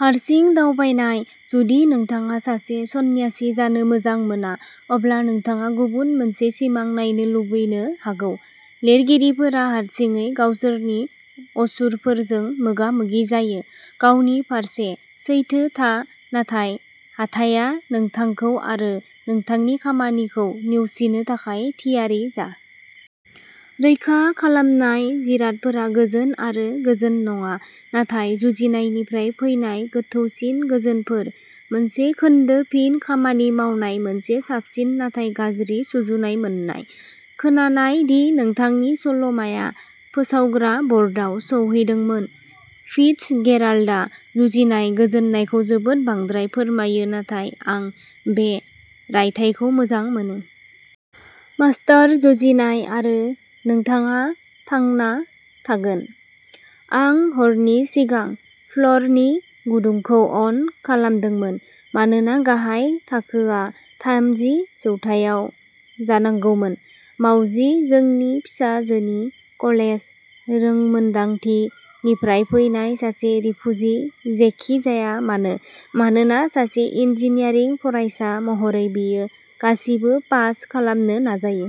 हारसिं दावबायनाय, जुदि नोंथाङा सासे सन्यासि जानो मोजां मोना, अब्ला नोंथाङा गुबुन मोनसे सिमां नायनो लुबैनो हागौ। लिरगिरिफोरा हारसिङै गावसोरनि असुरफोरजों मोगा-मोगि जायो। गावनि फारसे सैथो था, नाथाय हाथाइआ नोंथांखौ आरो नोंथांनि खामानिखौ नेवसिनो थाखाय थियारि जा। रैखा खालामनाय जिरादफोरा गोजोन आरो गोजोन नङा, नाथाय जुजिनायनिफ्राय फैनाय गोथौसिन गोजोनफोर। मोनसे खोन्दो फिन खामानि मावनाय मोनसे साबसिन नाथाय गाज्रि सुजुनाय मोन्नाय। खोनानाय दि नोंथांनि सल'माआ फोसावग्रा बर्डआव सौहैदोंमोन। फिट्जगेराल्डआ जुजिनाय गोजोननायखौ जोबोद बांद्राय फोरमायो, नाथाय आं बे रायथाइखौ मोजां मोनो। मास्टार "जुजिनाय", आरो नोंथाङा थांना थागोन। आं हरनि सिगां फ्ल'रनि गुदुंखौ अन खालामदोंमोन मानोना गाहाय थाखोआ थामजि जौथाइयाव जानांगौमोन। मावजि, जोंनि फिसाजोनि "कलेज रोंमोनदांथि" निफ्राय फैनाय सासे रिफुजि जेखि जाया मानो, मानोना सासे इन्जिनियारिं फरायसा महरै, बियो गासिबो पास खालामनो नाजायो।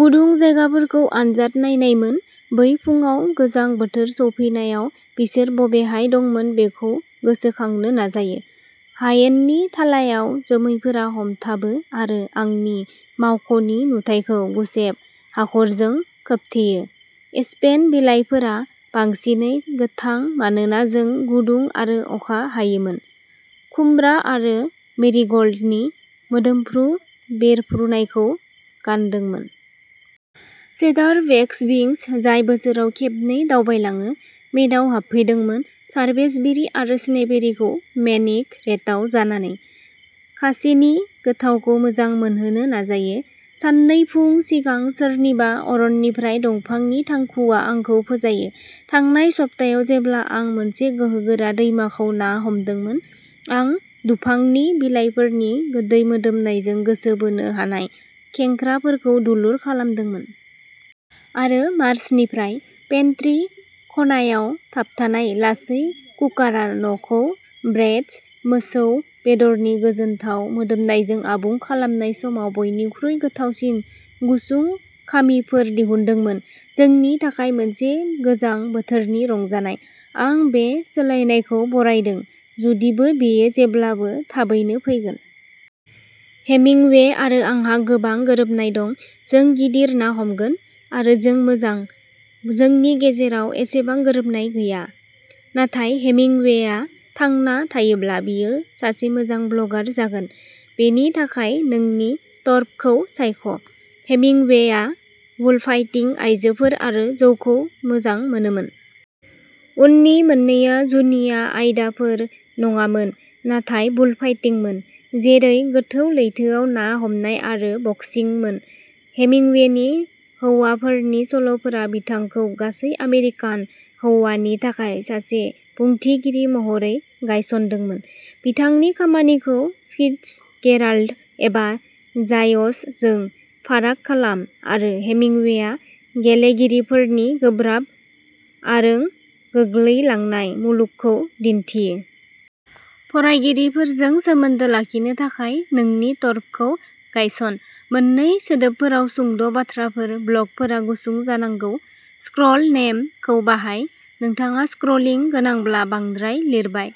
गुदुं जायगाफोरखौ आनजाद नायनायमोन। बै फुंआव गोजां बोथोर सौफैनायाव बिसोर बबेहाय दंमोन बेखौ गोसोखांनो नाजायो। हायेननि थालायाव जोमैफोरा हमथाबो आरो आंनि मावख'नि नुथाइखौ गुसेब हाखरजों खोबथेयो। एस्पेन बिलाइफोरा बांसिनै गोथां मानोना जों गुदुं आरो अखा हायोमोन, खुमब्रा आरो मेरिग'ल्डनि मोदोमफ्रु बेरफ्रुनायखौ गानदोंमोन। सेडार वैक्सविंग्स, जाय बोसोराव खेबनै दावबायलाङो, मेदाव हाबफैदोंमोन, सारभिसबेरी आरो स्नोबेरीखौ मेनिक रेटआव जानानै, खासेनि गोथावखौ मोजां मोनहोनो नाजायो। साननै फुं सिगां, सोरनिबा अरनिफ्राय दंफांनि थांखुआ आंखौ फोजायो। थांनाय सप्तायाव जेब्ला आं मोनसे गोहोगोरा दैमाखौ ना हमदोंमोन, आं दुफांनि बिलाइफोरनि गोदै मोदोमनायजों गोसो बोनो हानाय खेंख्राफोरखौ दुलुर खालामदोंमोन। आरो मार्चनिफ्राय पेन्ट्री खनायाव थाबथानाय लासै कुकारा न'खौ ब्रेइज्ड मोसौ बेदरनि गोजोनथाव मोदोमनायजों आबुं खालामनाय समाव बयनिख्रुइ गोथावसिन गुसुं खामिफोर दिहुनदोंमोन। जोंनि थाखाय मोनसे गोजां बोथोरनि रंजानाय। आं बे सोलायनायखौ बरायदों, जुदिबो बेयो जेब्लाबो थाबैनो फैगोन। हेमिंवे आरो आंहा गोबां गोरोबनाय दं, जों गिदिर ना हमगोन। आरो जों मोजां, जोंनि गेजेराव एसेबां गोरोबनाय गैया। नाथाय हेमिंवेआ थांना थायोब्ला, बियो सासे मोजां ब्लगार जागोन। बेनि थाखाय नोंनि टर्फखौ सायख'। हेमिंवेआ बुलफाइटिं, आयजोफोर आरो जौखौ मोजां मोनोमोन। उननि मोन्नैआ जुनिया आयदाफोर नङामोन, नाथाय बुलफाइटिंमोन। जेरै गोथौ लैथोआव ना हमनाय आरो बक्सिंमोन। हेमिंवेनि हौवाफोरनि सल'फोरा बिथांखौ गासै आमेरिकान हौवानि थाखाय सासे बुंथिगिरि महरै गायसनदोंमोन। बिथांनि खामानिखौ फिट्जगेराल्ड एबा जायस जों फाराग खालाम, आरो हेमिंवेआ गेलेगिरिफोरनि गोब्राब आरोॉ गोग्लैलांनाय मुलुगखौ दिन्थियो। फरायगिरिफोरजों सोमोन्दो लाखिनो थाखाय नोंनि टर्फखौ गायसन। मोननै सोदोबफोराव सुंद' बाथ्राफोर, ब्लगफोरा गुसुं जानांगौ। "स्क्रल नेम" खौ बाहाय। नोंथाङा स्क्रलिं गोनांब्ला बांद्राय लिरबाय।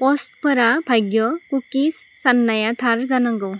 पस्टफोरा भाग्य कुकिस, साननाया थार जानांगौ।